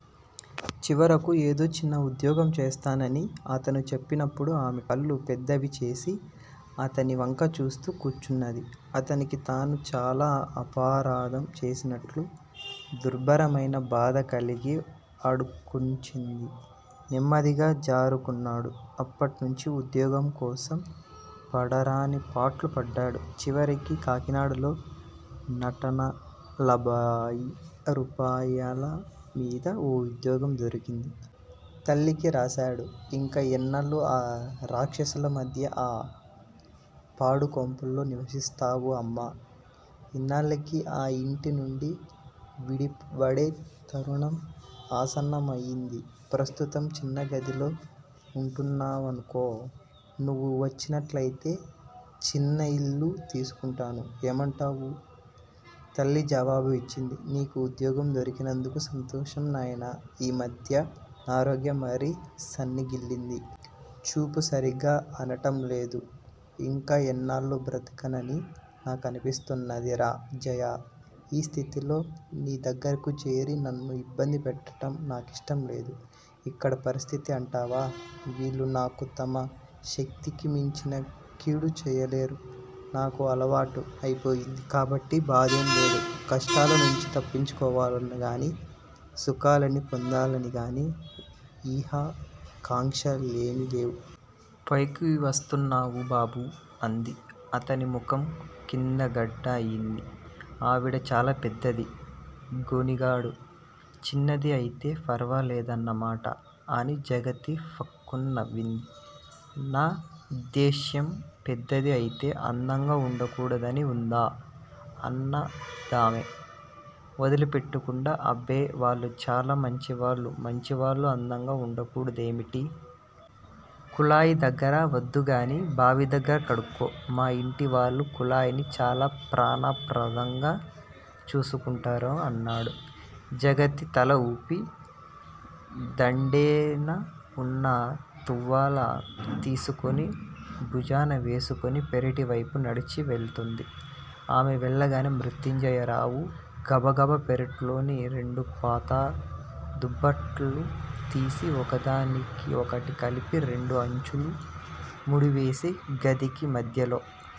చివరకు ఏదో చిన్న ఉద్యోగం చేస్తానని అతను చెప్పినప్పుడు ఆమెకళ్ళు పెద్దవిచేసి అతనివంక చూస్తూ కూచున్నది. అతనికి తాను చాలా అపరాధం చేసినట్లు దుర్భరమైన బాధకలిగి అడుకుంచి నెమ్మదిగా జారుకున్నాడు. అప్పట్నుంచీ ఉద్యోగంకోసం పడరాని పాట్లు పడ్డాడు. చివరికి కాకినాడలో నూటనలభయి రూపాయలమీద ఓ ఉద్యోగం దొరికింది. తల్లికి రాశాడు. ఇంకా ఎన్నాళ్ళు ఆ రాక్షసులమధ్య ఆ పాడుకొంపలో నివసిస్తావు అమ్మా! ఇనాళ్ళకి ఆ యింటినుండి విడివడే తరుణం ఆసన్నమయింది. ప్రస్తుతం చిన్నగదిలో వుంటున్నావనుకో. నువ్వు వచ్చేట్లయితే చిన్నయిల్లు తీసుకుంటాను. ఏమంటావు? తల్లి జవాబు యిచ్చింది. నీకు ఉద్యోగం దొరికినందుకు సంతోషం నాయనా! ఈమధ్య నా ఆరోగ్యం మరీ సన్నగిల్లింది. చూపూ సరిగ్గా ఆనటం లేదు. ఇంకా ఎన్నాళ్ళో బ్రతకనని నాకనిపిస్తున్నదిరా జయా! ఈ స్థితిలో నీ దగ్గరకు చేరి నన్ను యిబ్బందిపెట్టటం నాకిష్టంలేదు. ఇక్కడ పరిస్థితి అంటావా? వీళ్ళు నాకు తమ శక్తికిమించిన కీడు చేయలేరు. నాకు అలవాటు అయిపోయింది కాబట్టి బాధేంలేదు. కష్టాలనుంచి తప్పించుకోవాలనిగాని, సుఖాలని పొందాలనిగాని యిహ కాంక్షలేమీ లేవు. పైకి వస్తున్నావు బాబూ! అంది. అతనిముఖం కిందగడ్డ అయింది. ఆవిడ చాలా పెద్దది గొణిగాడు. చిన్నది అయితే ఫర్వాలేదన్నమాట అని జగతి ఫక్కున నవ్వింది. నా ఉద్దేశ్యం పెద్దది అయితే అందంగా వుండకూడదని వుందా? అన్నదామె వొదిలిపెట్టికుండా. అబ్బే, వాళ్ళు చాలా మంచివాళ్ళు. మంచివాళ్ళు అందంగా వుండకూడదేమిటి? కొళాయి దగ్గర వద్దుగానీ, బావిదగ్గర కడుక్కో. మా యింటివాళ్ళు కొళాయిని చాలా ప్రాణప్రదంగా చూసుకుంటారు అన్నాడు. జగతి తల ఊపి, దండేనవున్న తువ్వాల తీసుకుని భుజాన వేసుకుని, పెరటివైపు నడిచి వెళ్ళింది. ఆమె వెళ్ళగానే మృత్యుంజయరావు గబగబ పెరట్లోని రెండు పాతదుప్పట్లు తీసి ఒకదానికి ఒకటి కలిపి రెండు అంచులూ ముడివేసి, గదికి మధ్యలో